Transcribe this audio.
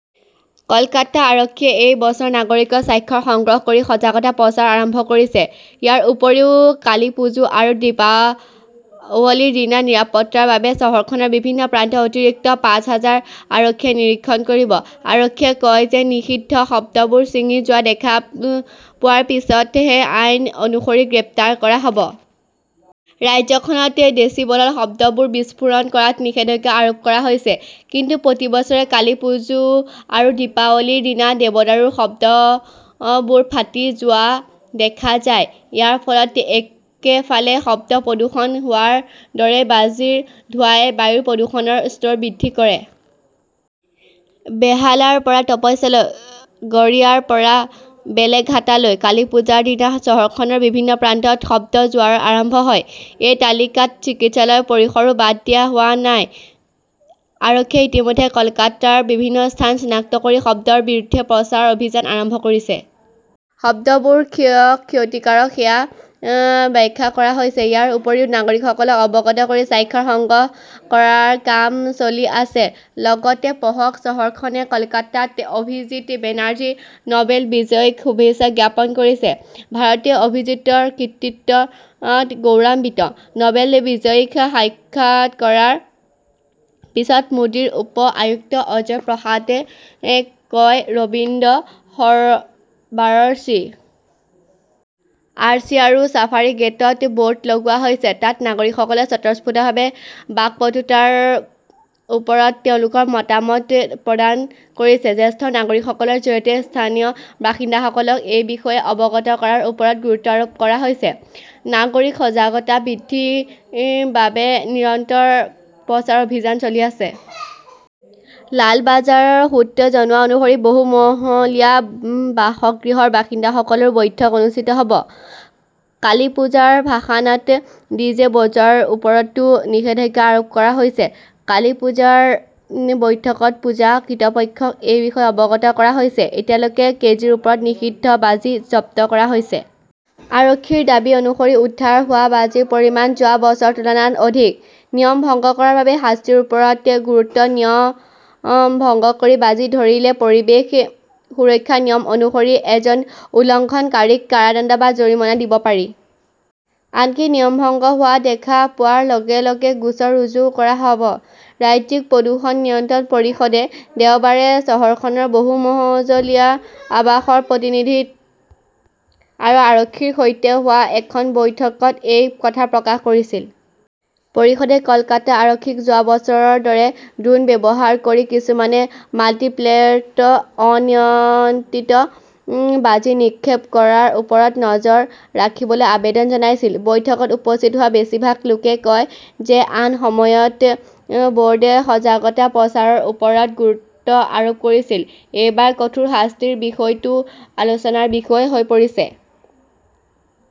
কলকাতা আৰক্ষীয়ে এই বছৰ নাগৰিকৰ স্বাক্ষৰ সংগ্ৰহ কৰি সজাগতা প্ৰচাৰ আৰম্ভ কৰিছে। ইয়াৰ উপৰিও কালিপুজো আৰু দীপাৱলীৰ দিনা নিৰাপত্তাৰ বাবে চহৰখনৰ বিভিন্ন প্ৰান্তত অতিৰিক্ত পাঁচ হাজাৰ আৰক্ষীয়ে নিৰীক্ষণ কৰিব। আৰক্ষীয়ে কয় যে নিষিদ্ধ শব্দবোৰ ছিঙি যোৱা দেখা পোৱাৰ পিছতহে আইন অনুসৰি গ্ৰেপ্তাৰ কৰা হ'ব। ৰাজ্যখনত ডেচিবলত শব্দবোৰ বিস্ফোৰণ কৰাত নিষেধাজ্ঞা আৰোপ কৰা হৈছে। কিন্তু প্ৰতি বছৰে কালীপুজো আৰু দীপাৱলীৰ দিনা দেৱদাৰুৰ শব্দবোৰ ফাটি যোৱা দেখা যায়। ইয়াৰ ফলত একেফালে শব্দ প্ৰদূষণ হোৱাৰ দৰে বাজিৰ ধোঁৱাই বায়ুৰ প্ৰদূষণৰ স্তৰ বৃদ্ধি কৰে। বেহালাৰ পৰা তপস্যালৈ, গড়িয়াৰ পৰা বেলেঘাটালৈ-কালিপুজাৰ দিনা চহৰখনৰ বিভিন্ন প্ৰান্তত শব্দৰ জোৱাৰ আৰম্ভ হয়। এই তালিকাত চিকিৎসালয়ৰ পৰিসৰো বাদ দিয়া হোৱা নাই। আৰক্ষীয়ে ইতিমধ্যে কলকাতাৰ বিভিন্ন স্থান চিনাক্ত কৰি শব্দৰ বিৰুদ্ধে প্ৰচাৰ অভিযান আৰম্ভ কৰিছে। শব্দবোৰ কিয় ক্ষতিকাৰক সেয়া ব্যাখ্যা কৰা হৈছে। ইয়াৰ উপৰিও নাগৰিকসকলক অৱগত কৰি স্বাক্ষৰ সংগ্ৰহ কৰাৰ কাম চলি আছে। লগতে পঢ়ক চহৰখনে কলকাতাত অভিজিৎ বেনাৰ্জী, নবেল বিজয়ীক শুভেচ্ছা জ্ঞাপন কৰিছে। ভাৰতে অভিজিৎৰ কৃতিত্বত গৌৰৱান্বিত, নবেল বিজয়ীক সাক্ষাৎ কৰাৰ পিছত মোদীৰ উপ আয়ুক্ত অজয় প্ৰসাদে কয় ৰবীন্দ্ৰ সৰবাৰৰ চি. আৰ. চি. আৰু ছাফাৰী গেটত বোৰ্ড লগোৱা হৈছে। তাত নাগৰিকসকলে স্বতঃস্ফূৰ্তভাৱে বাকপটুতাৰ ওপৰত তেওঁলোকৰ মতামত প্ৰদান কৰিছে। জ্যেষ্ঠ নাগৰিকসকলৰ জৰিয়তে স্থানীয় বাসিন্দাসকলক এই বিষয়ে অৱগত কৰাৰ ওপৰত গুৰুত্ব আৰোপ কৰা হৈছে। নাগৰিক সজাগতা বৃদ্ধিৰ বাবে নিৰন্তৰ প্ৰচাৰ অভিযান চলি আছে। লালবাজাৰৰ সূত্ৰই জনোৱা অনুসৰি বহু মহলীয়া বাসগৃহৰ বাসিন্দাসকলৰো বৈঠক অনুষ্ঠিত হ'ব। কালিপুজাৰ ভাসানত ডিজে বজোৱাৰ ওপৰতো নিষেধাজ্ঞা আৰোপ কৰা হৈছে। কালিপুজাৰ বৈঠকত পূজা কৰ্তৃপক্ষক এই বিষয়ে অৱগত কৰা হৈছিল। এতিয়ালৈকে কেজিৰ ওপৰত নিষিদ্ধ বাজি জব্দ কৰা হৈছে। আৰক্ষীৰ দাবী অনুসৰি উদ্ধাৰ হোৱা বাজিৰ পৰিমাণ যোৱা বছৰৰ তুলনাত অধিক। নিয়ম ভংগ কৰাৰ বাবে শাস্তিৰ ওপৰত গুৰুত্ব নিয়ম ভংগ কৰি বাজি ধৰিলে পৰিৱেশ সুৰক্ষা নিয়ম অনুসৰি এজন উলংঘনকাৰীক কাৰাদণ্ড বা জৰিমনা দিব পাৰি। আনকি নিয়ম ভংগ হোৱা দেখা পোৱাৰ লগে - লগে গোচৰ ৰুজু কৰা হ'ব। ৰাজ্যিক প্ৰদূষণ নিয়ন্ত্ৰণ পৰিষদে দেওবাৰে চহৰখনৰ বহু মজলীয়া আৱাসৰ প্ৰতিনিধি আৰু আৰক্ষীৰ সৈতে হোৱা এখন বৈঠকত এই কথা প্ৰকাশ কৰিছিল। পৰিষদে কলকাতা আৰক্ষীক যোৱা বছৰৰ দৰে ড্ৰোন ব্যৱহাৰ কৰি কিছুমান মাল্টিপ্লেৰত অনিয়ন্ত্ৰিত বাজি নিক্ষেপ কৰাৰ ওপৰত নজৰ ৰাখিবলৈ আবেদন জনাইছিল। বৈঠকত উপস্থিত থকা বেছিভাগ লোকে কয় যে আন সময়ত বোৰ্ডে সজাগতা প্ৰচাৰৰ ওপৰত গুৰুত্ব আৰোপ কৰিছিল। এইবাৰ কঠোৰ শাস্তিৰ বিষয়টোও আলোচনাৰ বিষয় হৈ পৰিছে।